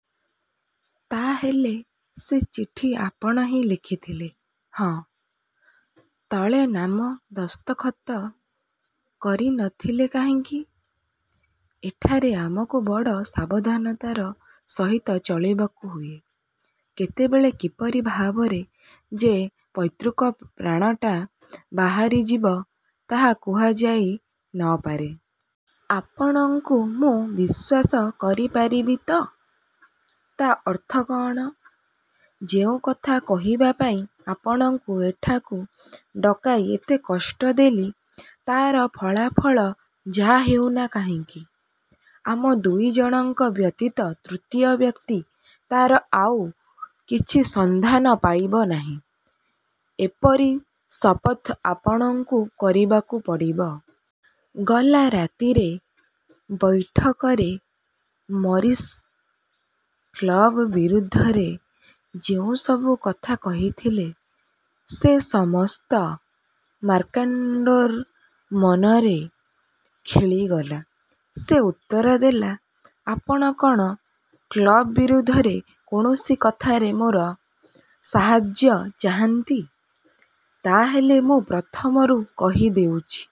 '' ''ତା ହେଲେ ସେ ଚିଠି ଆପଣ ହିଁ ଲେଖିଥିଲେ? ''ହଁ। '' ''ତଳେ ନାମ ଦସ୍ତଖତ କରି ନ ଥିଲେ କାହିଁକି? '' ''ଏଠାରେ ଆମକୁ ବଡ଼ ସାବଧାନତାର ସହିତ ଚଳିବାକୁ ହୁଏ। କେତେବେଳେ କିପରି ଭାବରେ ଯେ ପୈତୃକ ପ୍ରାଣଟା ବାହାରିଯିବ, ତାହା କୁହାଯାଇ ନ ପାରେ। ଆପଣଙ୍କୁ ମୁଁ ବିଶ୍ୱାସ କରିପାରିବି ତ? '' ''ତା ଅର୍ଥ କଅଣ? '' ''ଯେଉଁ କଥା କହିବା ପାଇଁ ଆପଣଙ୍କୁ ଏଠାକୁ ଡକାଇ ଏତେ କଷ୍ଟ ଦେଲି, ତାର ଫଳାଫଳ ଯାହା ହେଉ ନା କାହିଁକି, ଆମ ଦୁଇ ଜଣଙ୍କ ବ୍ୟତୀତ ତୃତୀୟ ବ୍ୟକ୍ତି ତାର ଆଉ କିଛି ସନ୍ଧାନ ପାଇବ ନାହିଁ-ଏପରି ଶପଥ ଆପଣଙ୍କୁ କରିବାକୁ ପଡ଼ିବ। '' ଗଲା ରାତିରେ ବୈଠକରେ ମରିସ୍ କ୍ଳବ ବିରୁଦ୍ଧରେ ଯେଉଁସବୁ କଥା କହିଥିଲେ, ସେ ସମସ୍ତ ମ୍ୟାକ୍ମାର୍ଡ଼ୋର ମନରେ ଖେଳିଗଲା। ସେ ଉତ୍ତର ଦେଲା- ''ଆପଣ କଅଣ କ୍ଳବ ବିରୁଦ୍ଧରେ କୌଣସି କଥାରେ ମୋର ସାହାଯ୍ୟ ଚାହାନ୍ତି? ତା ହେଲେ ମୁଁ ପ୍ରଥମରୁ କହିଦେଉଛି,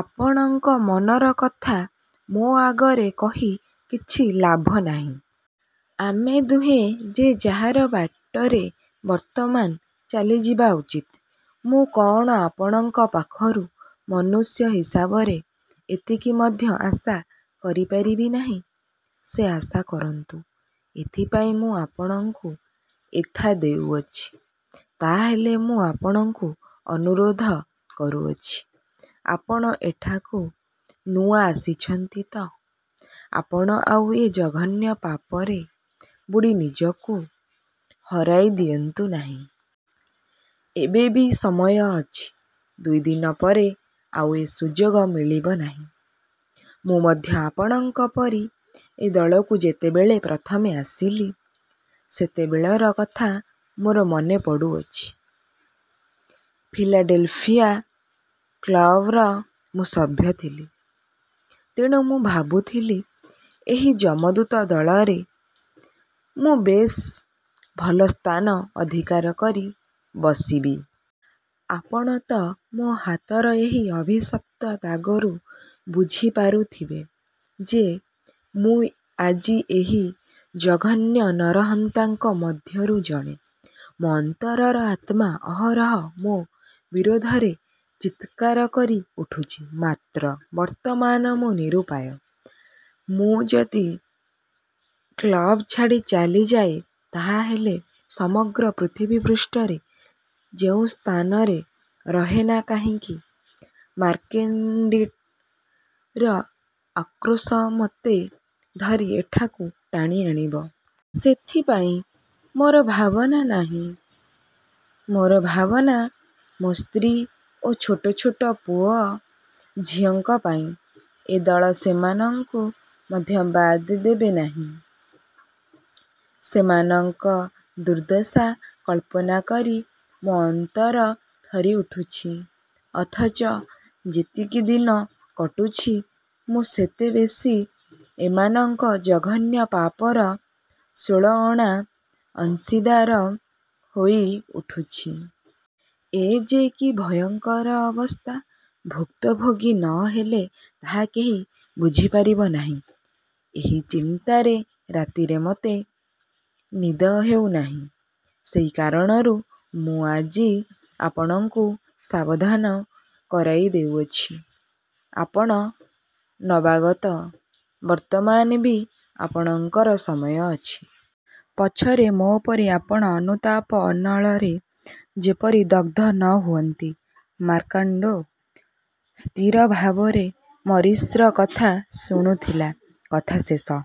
ଆପଣଙ୍କ ମନର କଥା ମୋ ଆଗରେ କହି କିଛି ଲାଭ ନାହିଁ। ଆମେ ଦୁହେଁ ଯେ ଯାହାର ବାଟରେ ବର୍ତ୍ତମାନ ଚାଲିଯିବା ଉଚିତ। ମୁଁ କଅଣ ଆପଣଙ୍କ ପାଖରୁ ମନୁଷ୍ୟ ହିସାବରେ ଏତିକି ମଧ୍ୟ ଆଶା କରିପାରିବି ନାହିଁ। '' ''ସେ ଆଶା କରନ୍ତୁ; ଏଥିପାଇଁ ମୁଁ ଆପଣଙ୍କୁ ଏଥା ଦେଉଅଛି। '' ''ତାହାହେଲେ ମୁଁ ଆପଣଙ୍କୁ ଅନୁରୋଧ କରୁଅଛି, ଆପଣ ଏଠାକୁ ନୂଆ ଆସିଛନ୍ତି ତ-ଆପଣ ଆଉ ଏ ଜଘନ୍ୟ ପାପରେ ବୁଡ଼ି ନିଜକୁ ହରାଇ ଦିଅନ୍ତୁ ନାହିଁ। ଏବେ ବି ସମୟ ଅଛି, ଦୁଇ ଦିନ ପରେ ଆଉ ଏ ସୁଯୋଗ ମିଳିବ ନାହିଁ। ମୁଁ ମଧ୍ୟ ଆପଣଙ୍କ ପରି ଏ ଦଳକୁ ଯେତେବେଳେ ପ୍ରଥମେ ଆସିଲି, ସେତେବେଳେର କଥା ମୋର ମନେ ପଡ଼ୁଅଛି। ଫିଲାଡେଲଫିଆ କ୍ଳବର ମୁଁ ସଭ୍ୟ ଥିଲି। ତେଣୁ ମୁଁ ଭାବୁଥିଲି, ଏହି ଯମଦୂତ ଦଳରେ ମୁଁ ବେଶ୍ ଭଲ ସ୍ଥାନ ଅଧିକାର କରି ବସିବି। ଆପଣ ତ ମୋ ହାତର ଏହି ଅଭିଶପ୍ତ ଦାଗରୁ ବୁଝିପାରୁଥିବେ ଯେ, ମୁଁ ଆଜି ଏହି ଜଘନ୍ୟ ନରହନ୍ତାଙ୍କ ମଧ୍ୟରୁ ଜଣେ। ମୋ ଅନ୍ତରର ଆତ୍ମା ଅହରହ ମୋ ବିରୋଧରେ ଚିତ୍କାର କରି ଉଠୁଛି। ମାତ୍ର ବର୍ତ୍ତମାନ ମୁଁ ନିରୂପାୟ। ମୁଁ ଯଦି କ୍ଳବ୍ ଛାଡ଼ି ଚାଲିଯାଏ, ତାହାହେଲେ ସମଗ୍ର ପୃଥିବୀପୃଷ୍ଠରେ ଯେଉଁ ସ୍ଥାନରେ ରହେ ନା କାହଁକି, ମ୍ୟାକ୍ଜିଣ୍ଟିର ଆକ୍ରୋଶ ମୋତେ ଧରି ଏଠାକୁ ଟାଣିଆଣିବ। ସେଥିପାଇଁ ମୋର ଭାବନା ନାହିଁ। ମୋର ଭାବନା-ମୋ ସ୍ତ୍ରୀ ଓ ଛୋଟଛୋଟ ପୁଅ ଝିଅଙ୍କ ପାଇଁ। ଏ ଦଳ ସେମାନଙ୍କୁ ମଧ୍ୟ ବାଦ୍ ଦେବେ ନାହିଁ। ସେମାନଙ୍କ ଦୁର୍ଦ୍ଦଶା କଳ୍ପନା କରି ମୋ ଅନ୍ତର ଥରିଉଠୁଛି। ଅଥଚ ଯେତିକି ଦିନ କଟୁଛି, ମୁଁ ସେତେ ବେଶୀ ଏମାନଙ୍କ ଜଘନ୍ୟ ପାପର ଷୋଳ ଅଣା ଅଂଶୀଦାର ହୋଇଉଠୁଅଛି। ଏ ଯେ କି ଭୟଙ୍କର ଅବସ୍ଥା, ଭୁକ୍ତଭୋଗୀ ନ ହେଲେ ତାହା କେହି ବୁଝିପାରିବ ନାହିଁ। ଏହି ଚିନ୍ତାରେ ରାତିରେ ମୋତେ ନିଦ ହେଉ ନାହିଁ। ସେହି କାରଣରୁ ମୁଁ ଆଜି ଆପଣଙ୍କୁ ସାବଧାନ କରାଇଦେଉଅଛି। ଆପଣ ନବାଗତ, ବର୍ତ୍ତମାନ ବି ଆପଣଙ୍କର ସମୟ ଅଛି। ପଛରେ ମୋ ପରି ଆପଣ ଅନୁତାପ-ଅନଳରେ ଯେପରି ଦଗ୍ଧ ନ ହୁଅନ୍ତି। '' ମ୍ୟାକ୍ମାର୍ଡ଼ୋ ସ୍ଥିର ଭାବରେ ମରିସ୍ର କଥା ଶୁଣୁଥିଲା। କଥା ଶେଷ